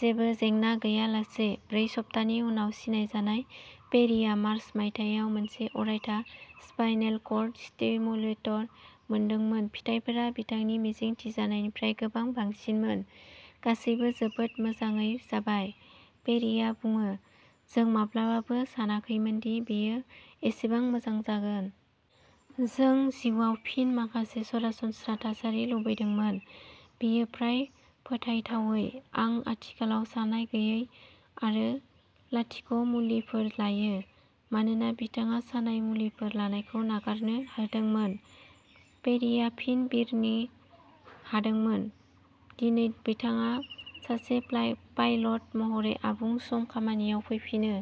जेबो जेंना गैयालासे। ब्रै सप्तानि उनाव सिनायजानाय, पेरिआ मार्च मायथाइयाव मोनसे अरायथा स्पाइनेल कर्ड स्टिमुलेटर मोनदोंमोन। फिथायफोरा बिथांनि मिजिंथिजानायनिफ्राय गोबां बांसिनमोन। "गासैबो जोबोद मोजाङै जाबाय", पेरिआ बुङो। "जों माब्लाबाबो सानाखैमोनदि बेयो एसेबां मोजां जागोन। जों जिउआव फिन माखासे सरासनस्रा थासारि लुबैदोंमोन। बेयो फ्राय फोथायथावै। आं आथिखालाव सानाय-गैयै आरो लाथिख'मुलिफोर लायो। " मानोना बिथाङा सानाय मुलिफोर लानायखौ नागारनो हादोंमोन, पेरिआ फिन बिरनो हादोंमोन। दिनै बिथाङा सासे पाइलट महरै आबुं-सम खामानियाव फैफिनो।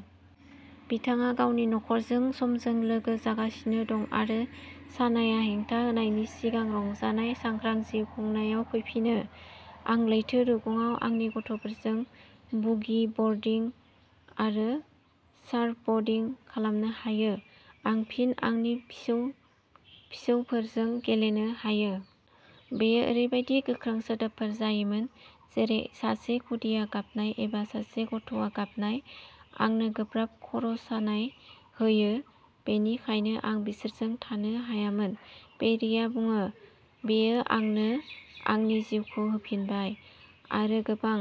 बिथाङा गावनि नखरजों समजों लोगो जागासिनो दं आरो सानायआ हेंथा होनायनि सिगां रंजानाय सांग्रां जिउ खुंनायाव फैफिनो। "आं लैथो रुगुङाव आंनि गथ'फोरजों बुगि बर्डिं आरो सार्फब'र्डिं खालामनो हायो। आं फिन आंनि फिसौ-फिसौफोरजों गेलेनो हायो। बेयो ओरैबायदि गोख्रों सोदोबफोर जायोमोन, जेरै सासे खुदिया गाबनाय एबा सासे गथ'आ गाबनाय, आंनो गोब्राब खर'सानाय होयो, बेनिखायनो आं बिसोरजों थानो हायामोन। " पेरीआ बुङो। "बेयो आंनो आंनि जिउखौ होफिनबाय, आरो गोबां।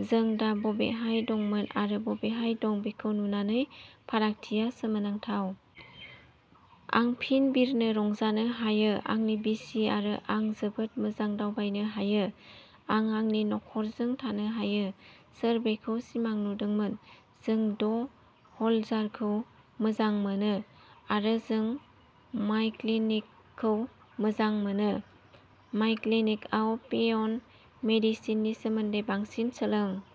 जों दा बबेहाय दंमोन आरो बबेहाय दं बेखौ नुनानै, फारागथिया सोमोनांथाव। आं फिन बिरनो रंजानो हायो। आंनि बिसि आरो आं जोबोद मोजां दावबायनो हायो। आं आंनि नख'रजों थानो हायो। सोर बेखौ सिमां नुदोंमोन? जों ड. ह'लजारखौ मोजां मोनो, आरो जों माय'क्लिनिकखौ मोजां मोनो। " माय'क्लिनिकआव पेइन मेडिसिननि सोमोन्दै बांसिन सोलों।